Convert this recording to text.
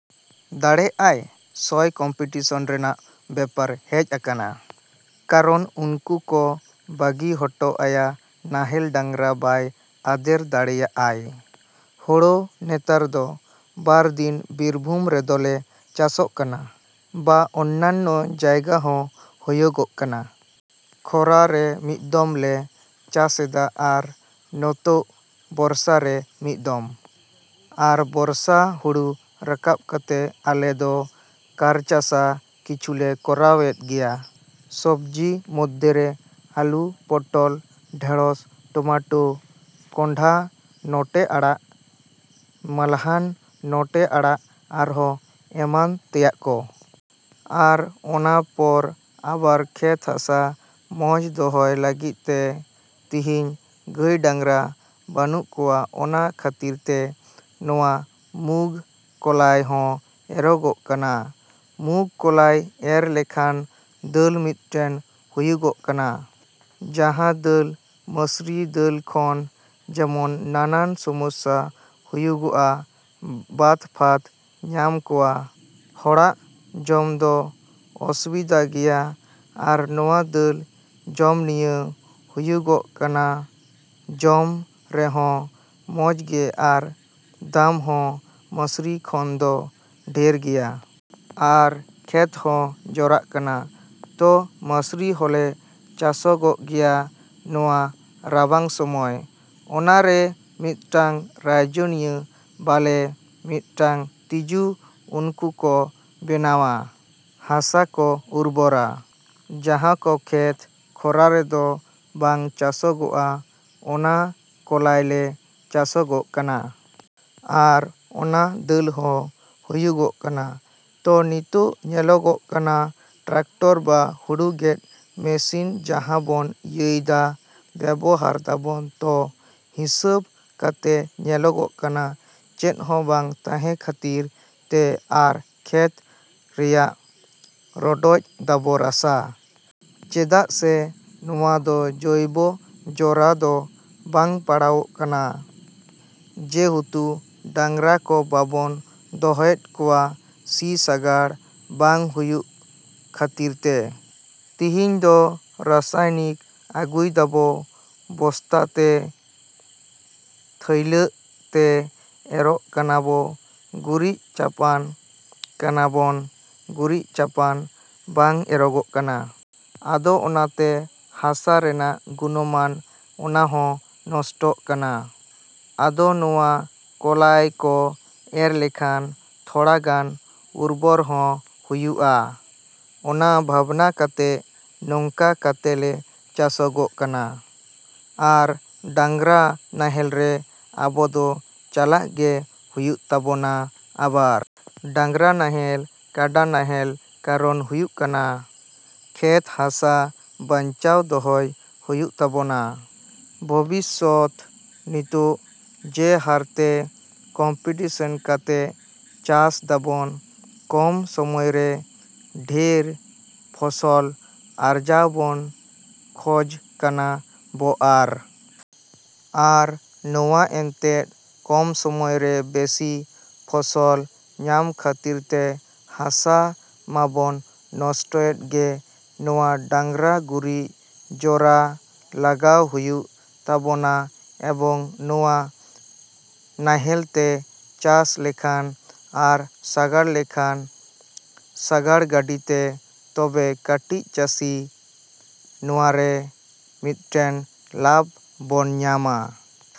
ᱫᱟᱲᱮᱜ ᱟᱭ ᱥᱚᱭ ᱠᱚᱢᱯᱮᱴᱤᱥᱚᱱ ᱨᱮᱱᱟᱜ ᱵᱮᱯᱟᱨ ᱦᱮᱡ ᱟᱠᱟᱱᱟ᱾ ᱠᱟᱨᱚᱱ ᱩᱱ ᱠᱚ ᱵᱟᱹᱜᱤ ᱦᱚᱴᱚ ᱟᱭᱟ ᱱᱟᱦᱮᱞ ᱰᱟᱝᱨᱟ ᱵᱟᱭ ᱟᱫᱮᱨ ᱫᱟᱲᱮᱭᱟᱜᱼᱟᱭ᱾ ᱦᱳᱲᱳ ᱱᱮᱛᱟᱨ ᱫᱚ ᱵᱟᱨ ᱫᱤᱱ ᱵᱤᱨᱵᱷᱩᱢ ᱨᱮᱫᱚᱞᱮ ᱪᱟᱥᱚᱜᱚᱜ ᱠᱟᱱᱟ᱾ ᱵᱟ ᱚᱱᱱᱟᱱᱱᱚ ᱡᱟᱭᱜᱟ ᱦᱚᱸ ᱦᱳᱭᱳᱜᱳᱜ ᱠᱟᱱᱟ᱾ ᱠᱷᱚᱨᱟ ᱨᱮ ᱢᱤᱫ ᱫᱚᱢ ᱞᱮ ᱪᱟᱥᱮᱫᱟ ᱟᱨ ᱱᱚᱛᱳᱜ ᱵᱚᱨᱥᱟ ᱨᱮ ᱢᱤᱫ ᱫᱚᱢ᱾ ᱟᱨ ᱵᱚᱨᱥᱟ ᱦᱩᱲᱩ ᱨᱟᱠᱟᱵ ᱠᱟᱛᱮ ᱟᱞᱮ ᱫᱚ ᱠᱟᱨᱪᱟᱥᱟ ᱠᱤᱪᱷᱩᱞᱮ ᱠᱚᱨᱟᱣᱮᱫ ᱜᱮᱭᱟ᱾ ᱥᱚᱵᱽᱡᱤ ᱢᱚᱫᱽᱫᱷᱮ ᱟᱞᱩ, ᱯᱚᱴᱚᱞ, ᱰᱷᱮᱬᱚᱥ, ᱴᱚᱢᱮᱴᱳ, ᱠᱚᱸᱰᱷᱟ ᱱᱚᱴᱮ ᱟᱲᱟᱜ ᱢᱟᱞᱦᱟᱱ ᱱᱚᱴᱮ ᱟᱲᱟᱜ ᱟᱨᱦᱚᱸ ᱮᱢᱟᱱ ᱛᱮᱭᱟᱜ ᱠᱚ᱾ ᱟᱨ ᱚᱱᱟ ᱯᱚᱨ ᱟᱵᱟᱨ ᱠᱷᱮᱛ ᱦᱟᱥᱟ ᱢᱚᱸᱡᱽ ᱫᱚᱦᱟᱭ ᱞᱟᱜᱟᱫ ᱛᱮ ᱛᱤᱦᱤᱧ ᱜᱟᱹᱭ ᱰᱟᱝᱨᱟ ᱵᱟᱱᱩᱜ ᱠᱚᱣᱟ ᱚᱱᱟ ᱠᱷᱟᱹᱛᱤᱨ ᱛᱮ ᱱᱚᱣᱟ ᱢᱩᱜᱽ ᱠᱚᱞᱟᱭ ᱦᱚᱸ ᱮᱨᱚᱜᱚᱜ ᱠᱟᱱᱟ᱾ ᱢᱩᱸᱜᱽ ᱠᱚᱞᱟᱭ ᱮᱨ ᱞᱮᱠᱷᱟᱱ ᱫᱟᱹᱞ ᱢᱤᱫᱽᱴᱮᱱ ᱦᱩᱭᱩᱜᱚᱜ ᱠᱟᱱᱟ᱾ ᱡᱟᱦᱟᱸ ᱫᱟᱹᱞ, ᱢᱟᱹᱥᱨᱤ ᱫᱟᱹᱞ ᱠᱷᱚᱱ ᱡᱮᱢᱚᱱ ᱱᱟᱱᱟᱱ ᱥᱚᱢᱚᱥᱥᱟ ᱦᱩᱭᱩᱜᱚᱜᱼᱟ ᱵᱟᱛᱼᱯᱷᱟᱛ ᱧᱟᱢ ᱠᱚᱣᱟ, ᱦᱚᱲᱟᱜ ᱡᱚᱢ ᱫᱚ ᱚᱥᱩᱵᱤᱫᱷᱟ ᱜᱮᱭᱟ ᱟᱨ ᱱᱚᱣᱟ ᱫᱟᱹᱞ ᱡᱚᱢ ᱱᱤᱭᱟᱹ ᱦᱩᱭᱩᱜᱚᱜ ᱠᱟᱱᱟ ᱡᱚᱢ ᱨᱮᱦᱚᱸ ᱢᱚᱸᱡᱽ ᱜᱮ ᱟᱨ ᱫᱟᱢ ᱦᱚᱸ ᱢᱟᱹᱥᱨᱤ ᱠᱷᱚᱱ ᱫᱚ ᱰᱷᱮᱹᱨ ᱜᱮᱭᱟ᱾ ᱟᱨ ᱠᱷᱮᱛ ᱦᱚᱸ ᱡᱚᱨᱟᱜ ᱠᱟᱱᱟ᱾ ᱛᱚ, ᱢᱟᱹᱥᱨᱤ ᱦᱚᱸᱞᱮ ᱪᱟᱥᱚᱜᱚᱜ ᱜᱮᱭᱟ ᱱᱚᱣᱟ ᱨᱟᱵᱟᱝ ᱥᱚᱢᱚᱭ᱾ ᱚᱱᱟᱨᱮ ᱢᱤᱫᱴᱟᱝ ᱨᱟᱭᱡᱚᱱᱤᱭᱟ ᱵᱚᱞᱮ ᱢᱤᱫᱴᱟᱝ ᱛᱤᱡᱩ ᱩᱱᱠᱩ ᱠᱚ ᱵᱮᱱᱟᱣᱚᱜᱼᱟ᱾ ᱦᱟᱥᱟ ᱠᱚ ᱩᱨᱵᱚᱨᱟ᱾ ᱡᱟᱦᱟᱸ ᱠᱚ ᱠᱷᱮᱛ ᱠᱷᱚᱨᱟ ᱨᱮᱫᱚ ᱵᱟᱝ ᱪᱟᱥᱚᱜᱚᱜᱼᱟ, ᱚᱱᱟ ᱠᱚᱞᱟᱭ ᱞᱮ ᱪᱟᱥᱚᱜᱚᱜ ᱠᱟᱱᱟ᱾ ᱟᱨ ᱚᱱᱟ ᱫᱟᱹᱞ ᱦᱚᱸ ᱦᱩᱭᱩᱜᱚᱜ ᱠᱟᱱᱟ᱾ ᱛᱚ ᱱᱤᱛᱳᱜ ᱧᱮᱞᱚᱜ ᱠᱟᱱᱟ ᱴᱨᱟᱠᱴᱟᱨ ᱵᱟ ᱦᱩᱲᱩ ᱜᱮᱫ ᱢᱮᱹᱥᱤᱱ ᱡᱟᱦᱟᱸ ᱵᱚᱱ ᱤᱭᱟᱹᱭ ᱫᱟ ᱵᱮᱵᱚᱦᱟᱨ ᱫᱟᱵᱚᱱ ᱛᱚ ᱦᱤᱸᱥᱟᱹᱵᱽ ᱠᱟᱛᱮ ᱧᱮᱞᱚᱜ ᱠᱟᱱᱟ ᱪᱮᱫ ᱦᱚᱸ ᱵᱟᱝ ᱛᱟᱦᱮᱸ ᱠᱷᱟᱹᱛᱤᱨ ᱛᱮ ᱟᱨ ᱠᱷᱮᱛ ᱨᱮᱭᱟᱜ ᱨᱚᱰᱚᱡ ᱫᱟᱵᱚ ᱨᱟᱥᱟ᱾ ᱪᱮᱫᱟᱜ ᱥᱮ ᱱᱚᱣᱟ ᱫᱚ ᱡᱳᱭᱵᱚ ᱡᱚᱨᱟ ᱫᱚ ᱵᱟᱝ ᱯᱟᱲᱟᱣᱚᱜ ᱠᱟᱱᱟ᱾ ᱡᱮᱦᱮᱛᱩ ᱰᱟᱝᱨᱟ ᱠᱚ ᱵᱟᱵᱚᱱ ᱫᱚᱦᱚᱭᱮᱫ ᱠᱚᱣᱟ ᱥᱤ ᱥᱟᱜᱟᱲ ᱵᱟᱝ ᱦᱩᱭᱩᱜ ᱠᱷᱟᱹᱛᱤᱨ ᱛᱮ᱾ ᱛᱤᱦᱤᱧ ᱫᱚ ᱨᱟᱥᱟᱭᱱᱤᱠ ᱟᱹᱜᱩᱭ ᱫᱟᱵᱚ, ᱵᱚᱥᱛᱟ ᱛᱮ ᱛᱷᱟᱹᱭᱞᱟᱹᱜ ᱛᱮ ᱮᱨᱟᱜ ᱠᱟᱱᱟᱵᱚ ᱜᱩᱨᱤᱪ ᱪᱟᱯᱟᱱ ᱠᱟᱱᱟᱵᱚᱱ ᱜᱩᱨᱤᱡ ᱪᱟᱯᱟᱱ ᱵᱟᱝ ᱮᱨᱚᱜᱚᱜ ᱠᱟᱱᱟ᱾ ᱟᱫᱚ ᱚᱱᱟᱛᱮ ᱦᱟᱥᱟ ᱨᱮᱱᱟᱜ ᱜᱩᱱᱼᱢᱟᱱ ᱚᱱᱟᱦᱚᱸ ᱱᱚᱥᱴᱚᱜ ᱠᱟᱱᱟ᱾ ᱟᱫᱚ ᱱᱚᱣᱟ ᱠᱚᱞᱟᱭ ᱠᱚ ᱮᱨ ᱞᱮᱠᱷᱟᱱ ᱛᱷᱚᱲᱟᱜᱟᱱ ᱩᱨᱵᱚᱨ ᱦᱚᱸ ᱦᱩᱭᱩᱜᱼᱟ, ᱚᱱᱟ ᱵᱷᱟᱵᱽᱱᱟ ᱠᱟᱛᱮ ᱱᱚᱝᱠᱟ ᱠᱟᱛᱮ ᱞᱮ ᱪᱟᱥᱚᱜᱚᱜ ᱠᱟᱱᱟ᱾ ᱟᱨ ᱰᱟᱝᱨᱟ ᱱᱟᱦᱮᱞ ᱨᱮ ᱟᱵᱚ ᱫᱚ ᱪᱟᱞᱟᱜ ᱜᱮ ᱦᱩᱭᱩᱜ ᱛᱟᱵᱚᱱᱟ ᱟᱵᱟᱨ᱾ ᱰᱟᱝᱨᱟ ᱱᱟᱦᱮᱞ, ᱠᱟᱰᱟ ᱱᱟᱦᱮᱞ ᱠᱟᱨᱚᱱ ᱦᱩᱭᱩᱜ ᱠᱟᱱᱟ᱾ ᱠᱷᱮᱛ ᱦᱟᱥᱟ ᱵᱟᱧᱪᱟᱣ ᱫᱚᱦᱚᱭ ᱦᱩᱭᱩᱜ ᱛᱟᱵᱚᱱᱟ᱾ ᱵᱷᱚᱵᱤᱥᱥᱚᱛ, ᱱᱤᱛᱳᱜ ᱡᱮ ᱦᱟᱨ ᱛᱮ ᱠᱚᱢᱯᱮᱴᱤᱥᱚᱱ ᱠᱟᱛᱮ ᱪᱟᱥ ᱫᱟᱵᱚᱱ ᱠᱚᱢ ᱥᱚᱢᱚᱭ ᱨᱮ ᱰᱷᱮᱹᱨ ᱯᱷᱚᱥᱚᱞ ᱟᱨᱡᱟᱣ ᱵᱚᱱ ᱠᱷᱚᱡᱽ ᱠᱟᱱᱟ ᱵᱚ ᱟᱨ ᱟᱨ ᱱᱚᱣᱟ ᱮᱱᱛᱮᱫ ᱠᱚᱢ ᱥᱚᱢᱚᱭ ᱨᱮ ᱵᱮᱥᱤ ᱯᱷᱚᱥᱚᱞ ᱧᱟᱢ ᱠᱷᱟᱹᱛᱤᱨ ᱛᱮ ᱦᱟᱥᱟ ᱢᱟᱵᱚᱱ ᱱᱚᱥᱴᱚᱭᱮᱫ ᱜᱮ ᱱᱚᱣᱟ ᱰᱟᱝᱨᱟ ᱜᱩᱨᱤᱡ ᱡᱚᱨᱟ ᱞᱟᱜᱟᱣ ᱦᱩᱭᱩᱜ ᱛᱟᱵᱚᱱᱟ ᱮᱵᱚᱝ ᱱᱚᱣᱟ ᱱᱟᱦᱮᱞ ᱛᱮ ᱪᱟᱥ ᱞᱮᱠᱷᱟᱱ ᱟᱨ ᱥᱟᱜᱟᱲ ᱞᱮᱠᱷᱟᱱ ᱥᱟᱜᱟᱲ ᱜᱟᱹᱰᱤ ᱛᱮ ᱛᱚᱵᱮ ᱠᱟᱹᱴᱤᱡ ᱪᱟᱹᱥᱤ ᱱᱚᱣᱟᱨᱮ ᱢᱤᱫᱴᱮᱱ ᱞᱟᱵᱷ ᱵᱚᱱ ᱧᱟᱢᱟ᱾